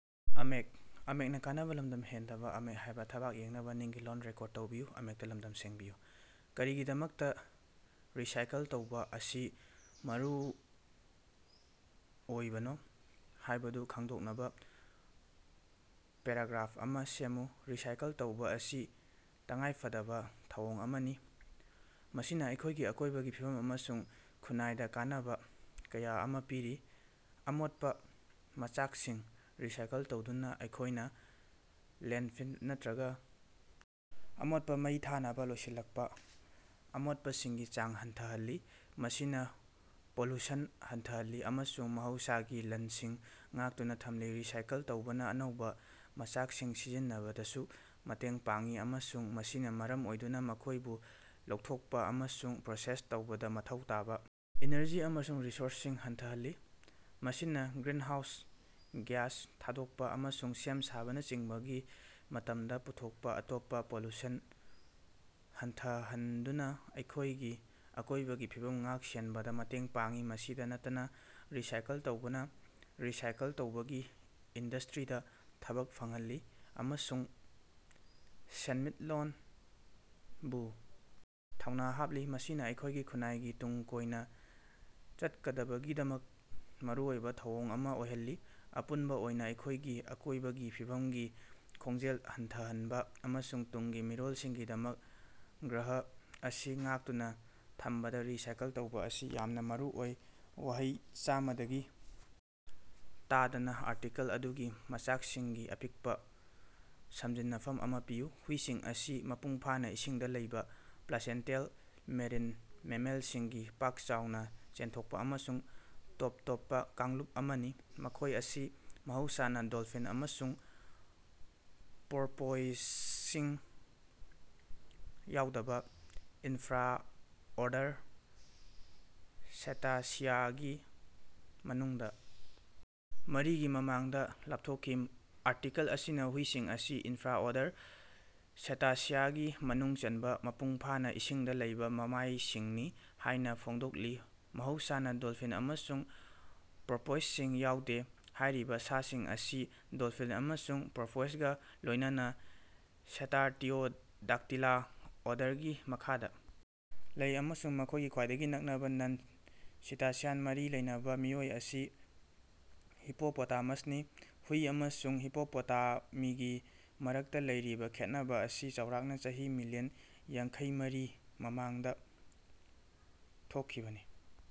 ꯀꯔꯤꯒꯤꯗꯃꯛꯇꯥ ꯔꯤꯁꯥꯏꯀꯜ ꯇꯧꯕꯥ ꯑꯁꯤ ꯃꯔꯨꯑꯣꯏꯕꯅꯣ ꯍꯥꯢꯕꯗꯨ ꯈꯪꯗꯣꯛꯅꯕ ꯄꯦꯔꯥꯒ꯭ꯔꯥꯐ ꯑꯃ ꯁꯦꯝꯃꯨ꯫ ꯔꯤꯁꯥꯏꯀꯜ ꯇꯧꯕꯥ ꯑꯁꯤ ꯇꯉꯥꯏꯐꯗꯕ ꯊꯧꯑꯣꯡ ꯑꯃꯅꯤ ꯃꯁꯤꯅ ꯑꯩꯈꯣꯢꯒꯤ ꯑꯀꯣꯢꯕꯒꯤ ꯐꯤꯕꯝ ꯑꯃꯁꯨꯡ ꯈꯨꯟꯅꯥꯏꯗ ꯀꯥꯟꯅꯕ ꯀꯌꯥ ꯑꯃ ꯄꯤꯔꯤ꯫ ꯑꯃꯣꯠꯄ ꯃꯆꯥꯛꯁꯤꯡ ꯔꯤꯁꯥꯏꯀꯜ ꯇꯧꯗꯨꯅ ꯑꯩꯈꯣꯢꯅ ꯂꯦꯟꯗꯐꯤꯜ ꯅꯠꯇ꯭ꯔꯒ ꯑꯃꯣꯠꯄ ꯃꯩ ꯊꯥꯅꯕ ꯂꯣꯏꯁꯤꯜꯂꯛꯄ ꯑꯃꯣꯠꯄꯁꯤꯡꯒꯤ ꯆꯥꯡ ꯍꯟꯊꯍꯜꯂꯤ ꯃꯁꯤꯅ ꯄꯣꯂꯨꯁꯟ ꯍꯟꯊꯍꯜꯂꯤ ꯑꯃꯁꯨꯡ ꯃꯍꯧꯁꯥꯒꯤ ꯂꯟꯁꯤꯡ ꯉꯥꯛꯇꯨꯅ ꯊꯝꯂꯤ꯫ ꯔꯤꯁꯥꯏꯀꯜ ꯇꯧꯕꯅ ꯑꯅꯧꯕ ꯃꯆꯥꯛꯁꯤꯡ ꯁꯤꯖꯤꯟꯅꯕꯗꯁꯨ ꯃꯇꯦꯡ ꯄꯥꯡꯏ ꯑꯃꯁꯨꯡ ꯃꯁꯤꯅ ꯃꯔꯝ ꯑꯣꯏꯗꯨꯅ ꯃꯈꯣꯢꯕꯨ ꯂꯧꯊꯣꯛꯄ ꯑꯃꯁꯨꯡ ꯄ꯭ꯔꯣꯁꯦꯁ ꯇꯧꯕꯗ ꯃꯊꯧ ꯇꯥꯕ ꯏꯅꯔꯖꯤ ꯑꯃꯁꯨꯡ ꯔꯤꯁꯣꯔꯁꯁꯤꯡ ꯍꯟꯊꯍꯜꯂꯤ꯫ ꯃꯁꯤꯅ ꯒ꯭ꯔꯤꯟꯍꯥꯎꯁ ꯒ꯭ꯌꯥꯁ ꯊꯥꯗꯣꯛꯄ ꯑꯃꯁꯨꯡ ꯁꯦꯝ ꯁꯥꯕꯅꯆꯤꯡꯕꯒꯤ ꯃꯇꯝꯗ ꯄꯨꯊꯣꯛꯄ ꯑꯇꯣꯞꯄ ꯄꯣꯂꯨꯁꯟ ꯍꯟꯊꯍꯟꯗꯨꯅ ꯑꯩꯈꯣꯢꯒꯤ ꯑꯀꯣꯢꯕꯒꯤ ꯐꯤꯕꯝ ꯉꯥꯛ-ꯁꯦꯟꯕꯗ ꯃꯇꯦꯡ ꯄꯥꯡꯏ꯫ ꯃꯁꯤꯗ ꯅꯠꯇꯅ ꯔꯤꯁꯥꯏꯀꯜ ꯇꯧꯕꯅ ꯔꯤꯁꯥꯏꯀꯜ ꯇꯧꯕꯒꯤ ꯏꯟꯗꯁꯇ꯭ꯔꯤꯗ ꯊꯕꯛ ꯐꯪꯍꯜꯂꯤ ꯑꯃꯁꯨꯡ ꯁꯦꯟꯃꯤꯠꯂꯣꯟꯕꯨ ꯊꯧꯅꯥ ꯍꯥꯞꯂꯤ ꯃꯁꯤꯅ ꯑꯩꯈꯣꯢꯒꯤ ꯈꯨꯟꯅꯥꯏꯒꯤ ꯇꯨꯡ ꯀꯣꯏꯅ ꯆꯠꯀꯗꯕꯒꯤꯗꯃꯛ ꯃꯔꯨꯑꯣꯏꯕ ꯊꯧꯑꯣꯡ ꯑꯃ ꯑꯣꯏꯍꯜꯂꯤ꯫ ꯑꯄꯨꯟꯕ ꯑꯣꯏꯅ ꯑꯩꯈꯣꯢꯒꯤ ꯑꯀꯣꯢꯕꯒꯤ ꯐꯤꯕꯝꯒꯤ ꯈꯣꯡꯖꯦꯜ ꯍꯟꯊꯍꯟꯕ ꯑꯃꯁꯨꯡ ꯇꯨꯡꯒꯤ ꯃꯤꯔꯣꯜꯁꯤꯡꯒꯤꯗꯃꯛ ꯒ꯭ꯔꯍ ꯑꯁꯤ ꯉꯥꯛꯇꯨꯅ ꯊꯝꯕꯗ ꯔꯤꯁꯥꯏꯀꯜ ꯇꯧꯕ ꯑꯁꯤ ꯌꯥꯝꯅ ꯃꯔꯨꯑꯣꯏ꯫ ꯋꯥꯍꯩ ꯆꯥꯝꯃꯗꯒꯤ ꯇꯥꯗꯅ ꯑꯥꯔꯇꯤꯀꯜ ꯑꯗꯨꯒꯤ ꯃꯆꯥꯛꯁꯤꯡꯒꯤ ꯑꯄꯤꯛꯄ ꯁꯝꯖꯤꯟꯅꯐꯝ ꯑꯃ ꯄꯤꯌꯨ꯫ ꯍꯨꯏꯁꯤꯡ ꯑꯁꯤ ꯃꯄꯨꯡꯐꯥꯅ ꯏꯁꯤꯡꯗ ꯂꯩꯕ ꯄ꯭ꯂꯥꯁꯦꯟꯇꯦꯜ ꯃꯦꯔꯤꯟ ꯃꯦꯃꯦꯜꯁꯤꯡꯒꯤ ꯄꯥꯛ-ꯆꯥꯎꯅ ꯌꯦꯟꯊꯣꯛꯄ ꯑꯃꯁꯨꯡ ꯇꯣꯞ ꯇꯣꯞꯄ ꯀꯥꯡꯂꯨꯞ ꯑꯃꯅꯤ꯫ ꯃꯈꯣꯢ ꯑꯁꯤ ꯃꯍꯧꯁꯥꯅ ꯗꯣꯜꯐꯤꯟ ꯑꯃꯁꯨꯡ ꯄꯣꯔꯄꯣꯏꯖꯁꯤꯡ ꯌꯥꯎꯗꯕ ꯏꯟꯐ꯭ꯔꯥꯑꯣꯔꯗꯔ ꯁꯦꯇꯥꯁꯤꯌꯥꯒꯤ ꯃꯅꯨꯡꯗ ꯃꯔꯤꯒꯤ ꯃꯃꯥꯡꯗ ꯂꯥꯞꯊꯣꯛꯈꯤ꯫ ꯑꯥꯔꯇꯤꯀꯜ ꯑꯁꯤꯅ ꯍꯨꯏꯁꯤꯡ ꯑꯁꯤ ꯏꯟꯐ꯭ꯔꯥꯑꯣꯔꯗꯔ ꯁꯦꯇꯥꯁꯤꯌꯥꯒꯤ ꯃꯅꯨꯡ ꯆꯟꯕ ꯃꯄꯨꯡ ꯐꯥꯅ ꯏꯁꯤꯡꯗ ꯂꯩꯕ ꯃꯃꯥꯢꯁꯤꯡꯅꯤ ꯍꯥꯢꯅ ꯐꯣꯡꯗꯣꯛꯂꯤ ꯃꯍꯧꯁꯥꯅ ꯗꯣꯜꯐꯤꯟ ꯑꯃꯁꯨꯡ ꯄꯣꯔꯄꯣꯏꯖꯁꯤꯡ ꯌꯥꯎꯗꯦ꯫ ꯍꯥꯢꯔꯤꯕ ꯁꯥꯁꯤꯡ ꯑꯁꯤ ꯗꯣꯜꯐꯤꯟ ꯑꯃꯁꯨꯡ ꯄꯣꯔꯄꯣꯏꯖꯒ ꯂꯣꯢꯅꯅꯥ ꯁꯦꯇꯥꯔꯇꯤꯑꯣꯗꯥꯛꯇꯤꯂꯥ ꯑꯣꯔꯗꯔꯒꯤ ꯃꯈꯥꯗ ꯂꯩ ꯑꯃꯁꯨꯡ ꯃꯈꯣꯢꯒꯤ ꯈ꯭ꯋꯥꯏꯗꯒꯤ ꯅꯛꯄꯥ ꯅꯟ-ꯁꯤꯇꯥꯁꯤꯌꯟ ꯃꯔꯤ ꯂꯩꯅꯕ ꯃꯤꯑꯣꯏ ꯑꯁꯤ ꯍꯤꯄꯣꯄꯣꯇꯥꯃꯁꯅꯤ꯫ ꯍꯨꯏ ꯑꯃꯁꯨꯡ ꯍꯤꯄꯣꯄꯣꯇꯥꯃꯤꯒꯤ ꯃꯔꯛꯇ ꯂꯩꯔꯤꯕ ꯈꯦꯠꯅꯕ ꯑꯁꯤ ꯆꯥꯎꯔꯥꯛꯅ ꯆꯍꯤ ꯃꯤꯂꯤꯌꯟ ꯌꯥꯡꯈꯩꯃꯔꯤ ꯃꯃꯥꯡꯗ ꯊꯣꯛꯈꯤꯕꯅꯤ꯫